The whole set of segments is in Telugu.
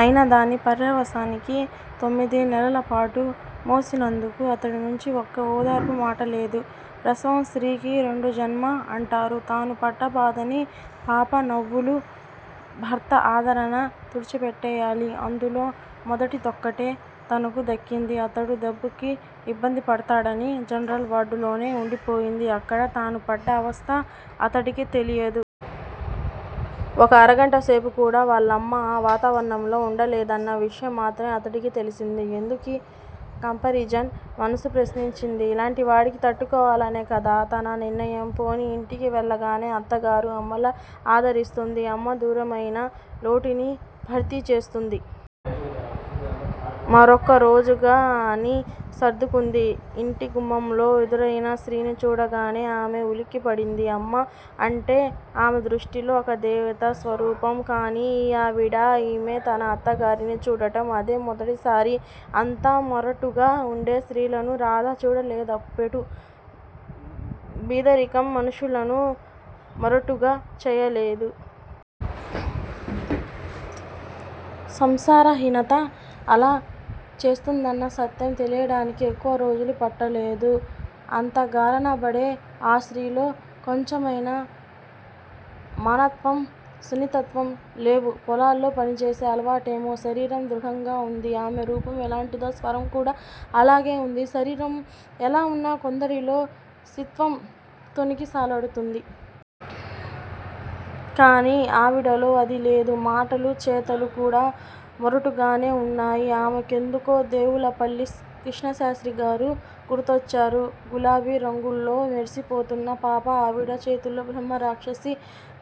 అయినా దాని పర్యవసానాన్ని తొమ్మిది నెలలపాటు మోసినందుకు అతడినుంచి ఒక్క ఓదార్పు మాటలేదు. ప్రసవం స్త్రీకి రెండోజన్మ అంటారు. తను పడ్డ బాధని పాప నవ్వులూ, భర్త ఆదరణా తుడిచిపెట్టెయ్యాలి. అందులో మొదటిదొక్కటే తనకు దక్కింది. అతడు డబ్బుకి ఇబ్బందిపడతాడని జనరల్ వార్డులోనే వుండిపోయింది. అక్కడ తను పడ్డ అవస్థ అతడికి తెలియదు. ఒక అరగంట సేపు కూడా వాళ్ళమ్మ ఆ వాతావరణంలో వుండలేదన్న విషయం మాత్రమే అతడికి తెలిసింది. 'ఎందుకీ కంపారిజన్? ' మనసు ప్రశ్నించింది. ఇలాంటివాటికి తట్టుకోవాలనే కదా తన నిర్ణయం? పోనీ ఇంటికి వెళ్ళగానే అత్తగారు అమ్మలా ఆదరిస్తుంది. అమ్మ దూరమయిన లోటుని భర్తీ చేస్తుంది. మరొక్క రోజేగా అని సర్దుకుంది. ఇంటి గుమ్మంలో ఎదురయిన స్త్రీని చూడగానే ఆమె ఉలిక్కిపడింది. 'అమ్మ' అంటే ఆమె దృష్టిలో ఒక దేవతా స్వరూపం కాని ఈవిడ? ఆమె తన అత్తగారిని చూడటం అదే మొదటిసారి. అంత మొరటుగా వుండే స్త్రీలను రాధ చూడలేదెప్పుడూ బీదరికం మనుష్యులను మొరటుగా చెయ్యదు. సంస్కారహీనత అలా చేస్తుందన్న సత్యం తెలియడానికి ఎక్కువరోజులు పట్టలేదు. అత్తగారనబడే ఆ స్త్రీలో కొంచెమైనా మార్దత్వం, సున్నితత్వం లేవు పొలాల్లో పనిచేసే అలవాటేమో శరీరం దృఢంగా వుంది. ఆమె రూపం ఎలాంటిదో స్వరం కూడా అలాగే వుంది. శరీరం ఎలా వున్నా కొందరిలో స్త్రీత్వం తొణికిసలాడుతుంది. కాని ఆవిడలో అదీ లేదు. మాటలూ చేతలూ కూడా మొరటుగానే వున్నాయి. ఆమె కెందుకో దేవులపల్లి కృష్ణశాస్త్రిగారు గుర్తొచ్చారు. గులాబీ రంగులో మెరిసిపోతున్న పాప ఆవిడ చేతుల్లో బ్రహ్మ రాక్షసి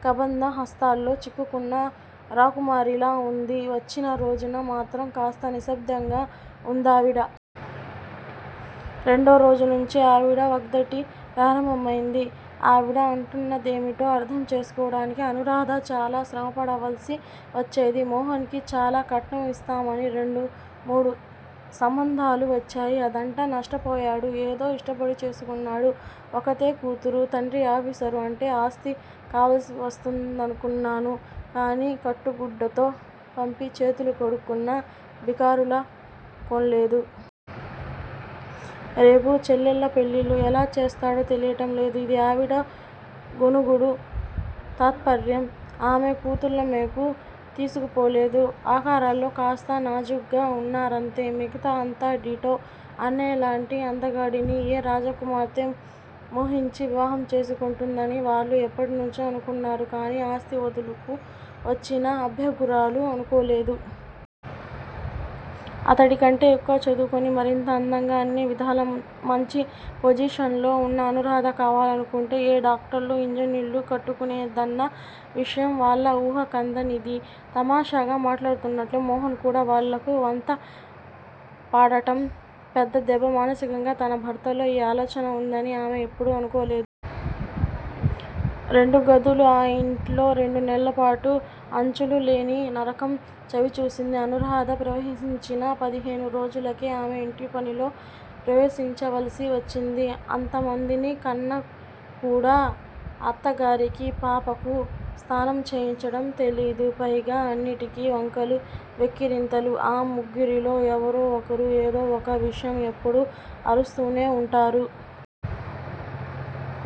కబంధ హస్తాల్లో చిక్కుకున్న రాకుమారిలా వుంది. వచ్చిన రోజున మాత్రం కాస్త నిశ్శబ్దంగా వుందావిడ. రెండో రోజు నుంచీ ఆవిడ వాగ్ధాటి ప్రారంభమయింది. ఆవిడ అంటున్నదేమిటో అర్ధం చేసుకోవడానికి అనూరాధ చాలా శ్రమపడవలసి వచ్చేది. 'మోహన్ కి చాలా కట్నం ఇస్తామని రెండు, మూడు సంబంధాలు వచ్చాయి. అదంతా నష్టపోయాడు. ఏదో ఇష్టపడి చేసుకున్నాడు. ఒక్కతే కూతురు. తండ్రి ఆఫీసరు అంటే ఆస్తి కలిసివస్తుందనుకున్నాను కాని కట్టుగుడ్డతో పంపి చేతులు కడుక్కున్న బికారులనుకోలేదు. రేపు చెల్లెళ్ళ పెళ్ళిళ్ళు ఎలా చేస్తాడో తెలియటంలేదు' ఇదీ ఆవిడ గొణుగుడు తాత్పర్యం. ఆమె కూతుళ్ళామెకు తీసిపోలేదు. ఆకారాల్లో కాస్త నాజూగ్గా వున్నారంతే. మిగతా అంతా డిటో. అన్నయ్యలాంటి అందగాడిని ఏ రాజకుమార్తో మోహించి వివాహం చేసుకుంటుందని వాళ్ళూ ఎప్పటినుంచో అనుకున్నారు. కాని ఆస్తి వదులుకు వచ్చిన అభాగ్యురాలు అనుకోలేదు. అతడికంటే ఎక్కువ చదువుకుని మరింత అందంగా, అన్నివిధాల మంచి పొజిషన్ లో వున్న అనూరాధ కావాలనుకుంటే ఏ డాక్టర్నో ఇంజనీర్నో కట్టుకునేదన్న విషయం వాళ్ళ ఊహ కందనిది. తమాషాగా మాట్లాడుతున్నట్లు మోహన్ కూడా వాళ్ళకు వంత పాడటం పెద్ద దెబ్బ మానసికంగా తన భర్తలో ఈ ఆలోచన వున్నదని ఆమె ఎప్పుడూ అనుకోలేదు. రెండు గదుల ఆ యింటిలో రెండు నెలలపాటు అంచులులేని నరకం చవిచూసింది అనూరాధ. ప్రసవించిన పదిహేను రోజులకే ఆమె ఇంటిపనిలో ప్రవేశించవలసి వచ్చింది. అంతమందిని కన్నా కూడా, అత్తగారికి పాపకు స్నానం చేయించడం తెలీదు. పైగా అన్నింటికీ వంకలు, వెక్కిరింతలు. ఆ ముగ్గురిలో ఎవరో ఒకరు ఏదో ఒక విషయంలో ఎప్పుడూ అరుస్తూనే వుంటారు.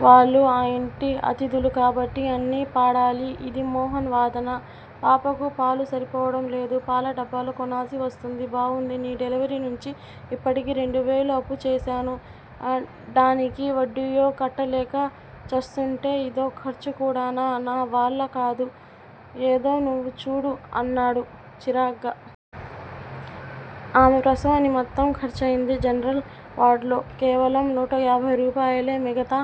'వాళ్ళు ఆ ఇంటికి అతిధులు కాబట్టి అన్నీ పడాలి'. ఇది మోహన్ వాదన. పాపకు పాలు సరిపోవడంలేదు. పాల డబ్బాలు కొనాల్సి వస్తుంది. బావుంది నీ డెలివరీ నుంచి ఇప్పటికి రెండువేలు అప్పుచేశాను. డానికి వడ్డీయే కట్టలేక చస్తుంటే ఇదో ఖర్చుకూడానా? నా వల్లకాదు ఏదో నువ్వే చూడు అన్నాడు చిరాగ్గా. ఆమె ప్రసవ నిమిత్తం ఖర్చయింది జనరల్ వార్డ్ లో కేవలం నూటయాభై రూపాయలే మిగతా